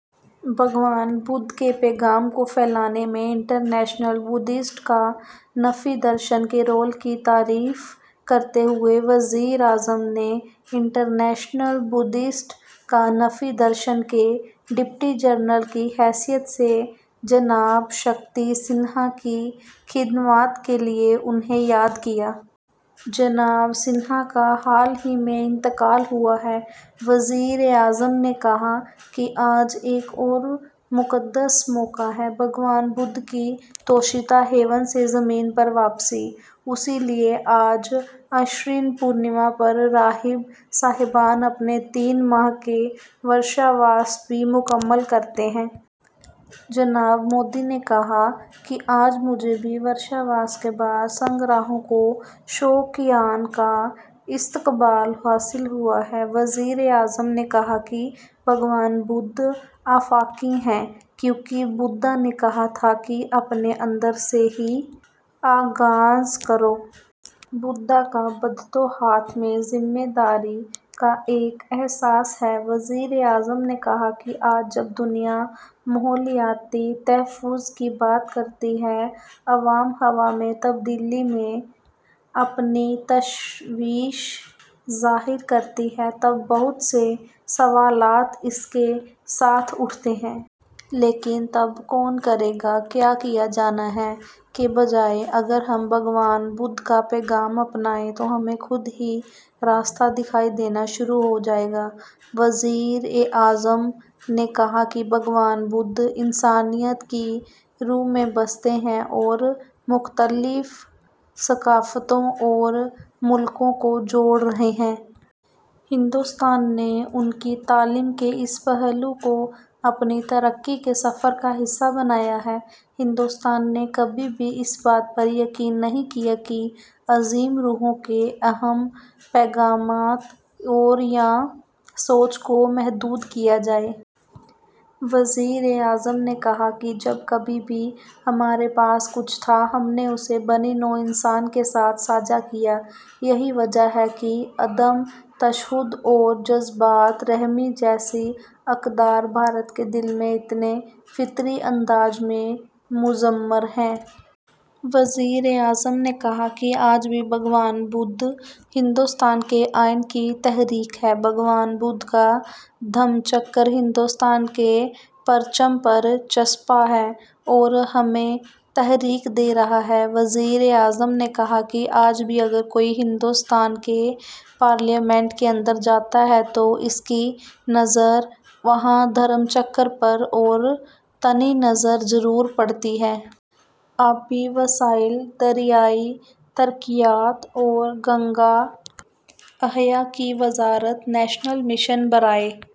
بھگوان بدھ کے پیغام کو پھیلانے میں انٹرنیشنل بدھسٹ کانفیڈریشن کے رول کی تعریف کرتے ہوئے وزیر اعظم نے انٹرنیشنل بدھسٹ کانفیڈریشن کے ڈی جی کی حیثیت سے جناب شکتی سنہا کی خدمات کے لیے انہیں یاد کیا۔ جناب سنہا کا حال ہی میں انتقال ہوا ہے۔ وزیر اعظم نے کہا کہ آج ایک اور مقدس موقع ہے، بھگوان بدھ کی توشیتا ہیون سے زمین پر واپسی۔ اسی لیے آج اشون پورنیما پر راہب صاحبان اپنے تین ماہ کے ورشاواس بھی مکمل کرتے ہیں۔ جناب مودی نے کہا کہ آج مجھے بھی ورشاواس کے بعد سنگھ راہبوں کو شور دان کا استحقاق حاصل ہوا ہے۔ وزیر اعظم نے کہا کہ بھگوان بدھ آفاقی ہیں، کیونکہ بدھا نے کہا تھا کہ اپنے اندر سے ہی آغاز کرو۔ بدھا کا بدھتوا حتمی ذمہ داری کا ایک احساس ہے۔ وزیر اعظم نے کہا کہ آج جب دنیا ماحولیاتی تحفظ کی بات کرتی ہے، آب و ہوا میں تبدیلی میں اپنی تشویش ظاہر کرتی ہے، تب بہت سے سوالات اس کے ساتھ اٹھتے ہیں۔ لیکن تب کون کرے گا، ’کیا کیا جانا ہے‘ کے بجائے اگر ہم بھگوان بدھ کا پیغام اپنائیں تو ہمیں خود ہی راستہ دکھائی دینا شروع ہو جائے گا۔ وزیر اعظم نے کہا کہ بھگوان بدھ انسانیت کی روح میں بستے ہیں اور مختلف ثقافتوں اور ملکوں کو جوڑ رہے ہیں۔ ہندوستان نے ان کی تعلیم کے اس پہلو کو اپنی ترقی کے سفر کا حصہ بنایا ہے۔ ہندوستان نے کبھی بھی اس بات پر یقین نہیں کیا کہ عظیم روحوں کے اہم پیغامات اور یا سوچ کو محدود کیا جائے۔ وزیر اعظم نے کہا کہ جب کبھی بھی ہمارے پاس کچھ تھا، ہم نے اسے بنی نوع انسان کے ساتھ ساجھا کیا۔ یہی وجہ ہے کہ عدم تشدد اور جذبۂ ترحم جیسی اقدار بھارت کے دل میں اتنے فطری انداز میں مضمر ہیں۔ وزیر اعظم نے کہا کہ آج بھی بھگوان بدھ ہندوستان کے آئین کی تحریک ہیں، بھگوان بدھ کا دھما چکر ہندوستان کے پرچم پر چسپاں ہے اور ہمیں تحریک دے رہا ہے۔ وزیر اعظم نے کہا کہ آج بھی اگر کوئی ہندوستان کی پارلیمنٹ کے اندر جاتا ہے تو اس کی نظر وہاں دھرم چکر پر اور تنیا نظر ضرور پڑتی ہے۔ آبی وسائل، دریائی ترقیات اور گنگا احیاء کی وزارت نیشنل مشن برائے...